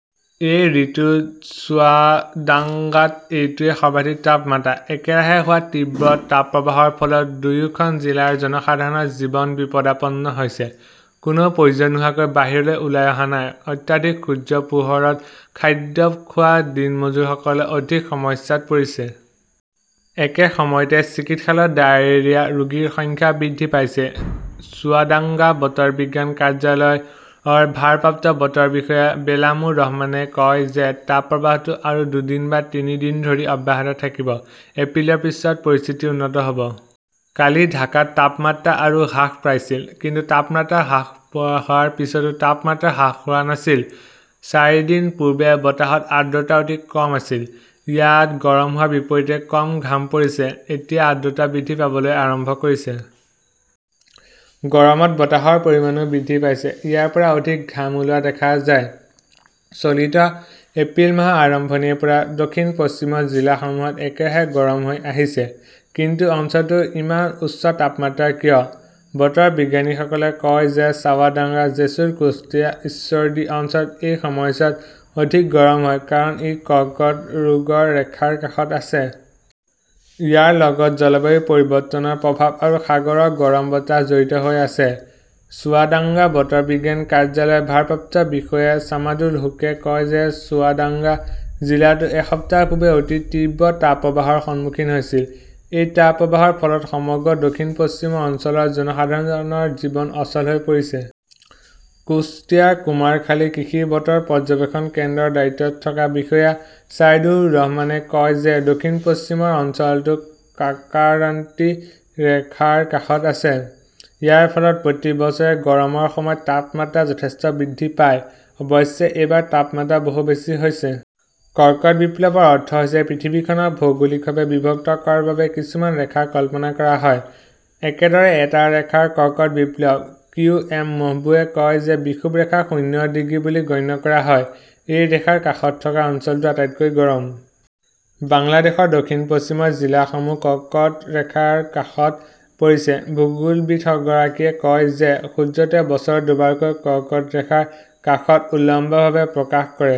এই ঋতুত চুৱাদাংগাত এইটোৱেই সৰ্বাধিক তাপমাত্ৰা। একেৰাহে হোৱা তীব্ৰ তাপপ্ৰবাহৰ ফলত দুয়োখন জিলাৰ জনসাধাৰণৰ জীৱন বিপদাপন্ন হৈছে। কোনেও প্ৰয়োজন নোহোৱাকৈ বাহিৰলৈ ওলাই অহা নাই। অত্যাধিক সূৰ্যৰ পোহৰত খাদ্য খোৱা দিনমজুৰসকল অধিক সমস্যাত পৰিছে। একে সময়তে চিকিৎসালয়ত ডায়েৰিয়া ৰোগীৰ সংখ্যা বৃদ্ধি পাইছে। চুৱাদাঙ্গা বতৰ বিজ্ঞান কাৰ্যালয়ৰ ভাৰপ্ৰাপ্ত বতৰ বিষয়া বেলামুৰ ৰহমানে কয় যে তাপপ্ৰবাহটো আৰু দুদিন বা তিনি দিন ধৰি অব্যাহত থাকিব। এপ্ৰিলৰ পিছত পৰিস্থিতি উন্নত হʼব। কালি ঢাকাত তাপমাত্ৰা আৰু হ্ৰাস পাইছিল। । কিন্তু তাপমাত্ৰা হ্ৰাস হোৱাৰ পিছতো তাপমাত্ৰা হ্ৰাস হোৱা নাছিল। চাৰিদিন পূৰ্বে বতাহত আৰ্দ্ৰতা অতি কম আছিল। ইয়াত গৰম হোৱাৰ বিপৰীতে কম ঘাম পৰিছে। এতিয়া আৰ্দ্ৰতা বৃদ্ধি পাবলৈ আৰম্ভ কৰিছে। গৰমত বতাহৰ পৰিমাণও বৃদ্ধি পাইছে। ইয়াৰ পৰা অধিক ঘাম ওলোৱা দেখা যায়। চলিত এপ্ৰিল মাহৰ আৰম্ভণিৰে পৰা দক্ষিণ-পশ্চিমৰ জিলাসমূহত একেৰাহে গৰম হৈ আহিছে। কিন্তু অঞ্চলটোৰ ইমান উচ্চ তাপমাত্ৰা কিয়? বতৰ বিজ্ঞানীসকলে কয় যে চাৱাদাঙ্গা, জেছুৰ, কুশটিয়া, ঈশ্বৰদী অঞ্চলত এই সময়ছোৱাত অধিক গৰম হয় কাৰণ ই কৰ্কট ৰোগৰ ৰেখাৰ কাষত আছে। ইয়াৰ লগত জলবায়ু পৰিৱৰ্তনৰ প্ৰভাৱ আৰু সাগৰৰ গৰম বতাহ জড়িত হৈ আছে। চুৱাদাংগা বতৰ বিজ্ঞান কাৰ্যালয়ৰ ভাৰপ্ৰাপ্ত বিষয়া ছামাদুল হুকে কয় যে চুৱাদাংগা জিলাটো এসপ্তাহ পূৰ্বে অতি তীব্ৰ তাপপ্ৰবাহৰ সন্মুখীন হৈছিল। এই তাপপ্ৰবাহৰ ফলত সমগ্ৰ দক্ষিণ-পশ্চিম অঞ্চলৰ জনসাধাৰণৰ জীৱন অচল হৈ পৰিছে। কুশতিয়াৰ কুমাৰখালী কৃষি বতৰ পৰ্যবেক্ষণ কেন্দ্ৰৰ দায়িত্বত থকা বিষয়া চাইদুৰ ৰহমানে কয় যে দক্ষিণ-পশ্চিমৰ অঞ্চলটো কাৰ্কাৰান্তি ৰেখাৰ কাষত আছে। ইয়াৰ ফলত প্ৰতি বছৰে গৰমৰ সময়ত তাপমাত্ৰা যথেষ্ট বৃদ্ধি পায়। অৱশ্যে এইবাৰ তাপমাত্ৰা বহু বেছি হৈছে। কৰ্কট বিপ্লৱৰ অৰ্থ হৈছে পৃথিৱীখনক ভৌগোলিকভাৱে বিভক্ত কৰাৰ বাবে কিছুমান ৰেখা কল্পনা কৰা হয়। একেদৰে এটা ৰেখা কৰ্কট বিপ্লৱ। কিউ. এম. মহবুবে কয় যে বিষুৱ ৰেখা শূন্য ডিগ্ৰী বুলি গণ্য কৰা হয়। এই ৰেখাৰ কাষত থকা অঞ্চলটো আটাইতকৈ গৰম। বাংলাদেশৰ দক্ষিণ-পশ্চিমৰ জিলাসমূহ কৰ্কট ৰেখাৰ কাষত পৰিছে। ভূগোলবিদগৰাকীয়ে কয় যে সূৰ্যটোৱে বছৰত দুবাৰকৈ কৰ্কট ৰেখাৰ কাষত উলম্বভাৱে প্ৰকাশ কৰে।